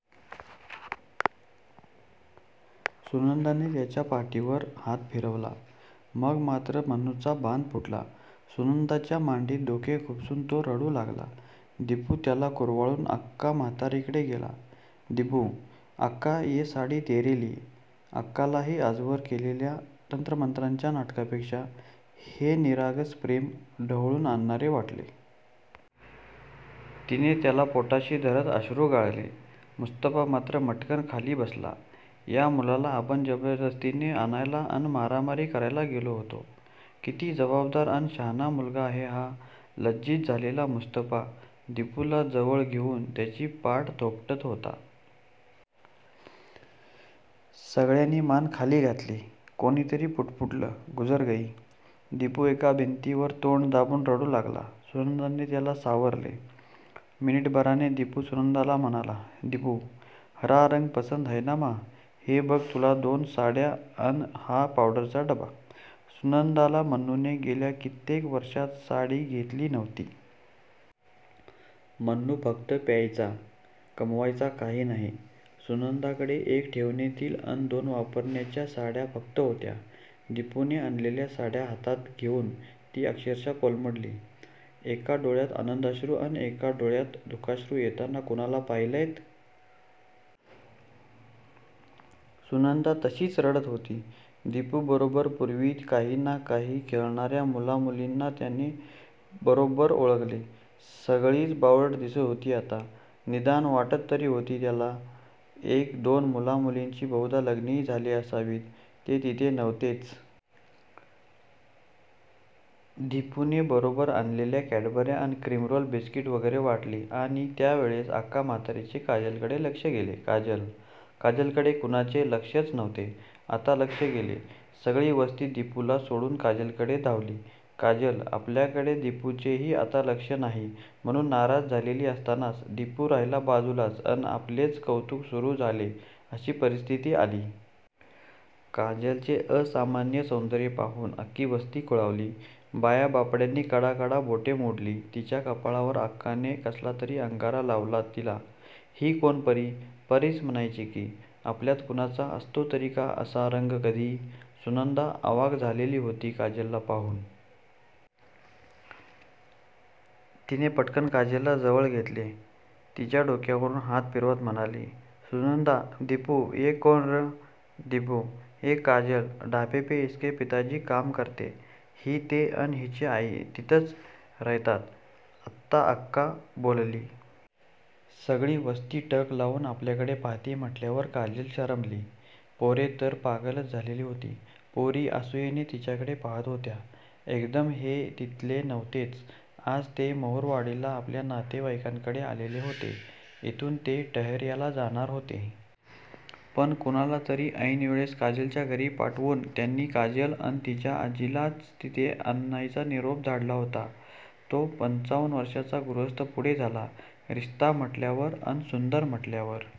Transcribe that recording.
सुनंदाने त्याच्या पाठीवरून हात फिरवला. मग मात्र मन्नूचा बांध फुटला. सुनंदाच्या मांडीत डोके खुपसून तो रडू लागला. दिपू त्याला कुरवाळून आक्का म्हातारीकडे गेला. दिपू आक्का, ये साडी तेरे लिये आक्कालाही आजवर केलेल्या तंत्रमंत्राच्या नाटकापेक्षा हे निरागस प्रेम ढवळून आणणारे वाटले. तिनेही त्याला पोटाशी धरत अश्रू गाळले. मुस्तफा मात्र मटकन खाली बसला. या मुलाला आपण जबरदस्तीने आणायला अन मारामारी करायला गेलो होतो? किती जबाबदार अन शहाणा मुलगा आहे हा! लज्जीत झालेला मुस्तफा दिपूला जवळ घेऊन त्याची पाठ थोपटत होता. सगळ्यांनी मान खाली घातली. कुणीतरी पुटपुटलं! गुजरगयी! दिपू एका भिंतीवर तोंड दाबून रडू लागला. सुनंदाने त्याला सावरले. मिनिटभराने दिपू सुनंदाला म्हणाला. दिपू हरा रंग पसंद हय ना मा? हे बघ तुला दोन साड्या अन हा डबा पावडरचा सुनंदाला मन्नूने गेल्या कित्येक वर्षात साडी घेतलेली नव्हती. मन्नू फक्त प्यायचा. कमवायचा काही नाही. सुनंदाकडे एक ठेवणीतील अन दोन वापरण्याच्या साड्या फक्त होत्या. दिपूने आणलेल्या साड्या हातात घेऊन ती अक्षरशः कोलमडली. एका डोळ्यातून आनंदाश्रू अन एका डोळ्यातून दु:खाश्रू येताना कुणाला पाहिलयंत? सुनंदा तशीच रडत होती. दिपूबरोबर पुर्वी काही ना काही खेळणार्या मुलामुलींना त्याने बरोबर ओळखले. सगळीच बावळट दिसत होती आत्ता! निदान वाटत तरी होती त्याला. एक दोन मुला मुलींची बहुधा लग्नेही झाली असावीत. ते तिथे नव्हतेच! दिपूने बरोबर आणलेल्या कॅडबर्या अन क्रीमरोल, बिस्किट वगैरे वाटली. आणि त्यावेळेस आक्का म्हातारीचे काजलकडे लक्ष गेले. काजल! काजलकडे कुणाचे लक्षच नव्हते. आत्ता लक्ष गेले. सगळी वस्ती दिपूला सोडून काजलकडे धावली. काजल 'आपल्याकडे दिपूचेही आता लक्ष नाही' म्हणून नाराज झालेली असतानाच 'दिपू राहिला बाजूलाच अन आपलेच कौतूक सुरू झाले' अशी परिस्थिती आली. काजलचे असामान्य सौंदर्य पाहून अख्खी वस्ती खुळावली. बायाबापड्यांनी कडाकडा बोटे मोडली तिच्या कपाळावर! आक्काने कसलातरी अंगारा लावला तिला. ही कोण परी? परीच म्हणायची की? आपल्यात कुणाचा असतो तरी का असा रंग कधी? सुनंदा अवाक झालेली होती काजलला पाहून! तिने पटकन काजलला जवळ घेतले. तिच्या डोक्यावरुन हात फिरवत म्हणाली. सुनंदा दिपू ये कौन रं? दिपू ये काजल ढाबेपे इसके पिताजी काम करते. ही, ते अन हिची आई थितंच रयतात. आता आक्का बोलली. सगळी वस्ती टक लावून आपल्याकडे पाहतीय म्हंटल्यावर काजल शरमली. पोरे तर पागलच झालेली होती. पोरी असूयेने तिच्याकडे पाहात होत्या. कदम हे तिथले नव्हतेच. आज ते महुरवाडीला आपल्या नातेवाईकांकडे आलेले होते. इथून ते टहेर्याला जाणार होते. पण कुणालातरी ऐनवेळेस काजलच्या घरी पाठवून त्यांनी काजल अन तिच्या आजीलाच इथे आणायचा निरोप धाडला होता. तो पंचावन्न वर्षांचा गृहस्थ पुढे झाला. रिश्ता म्हंटल्यावर अन सुंदर म्हंटल्यावर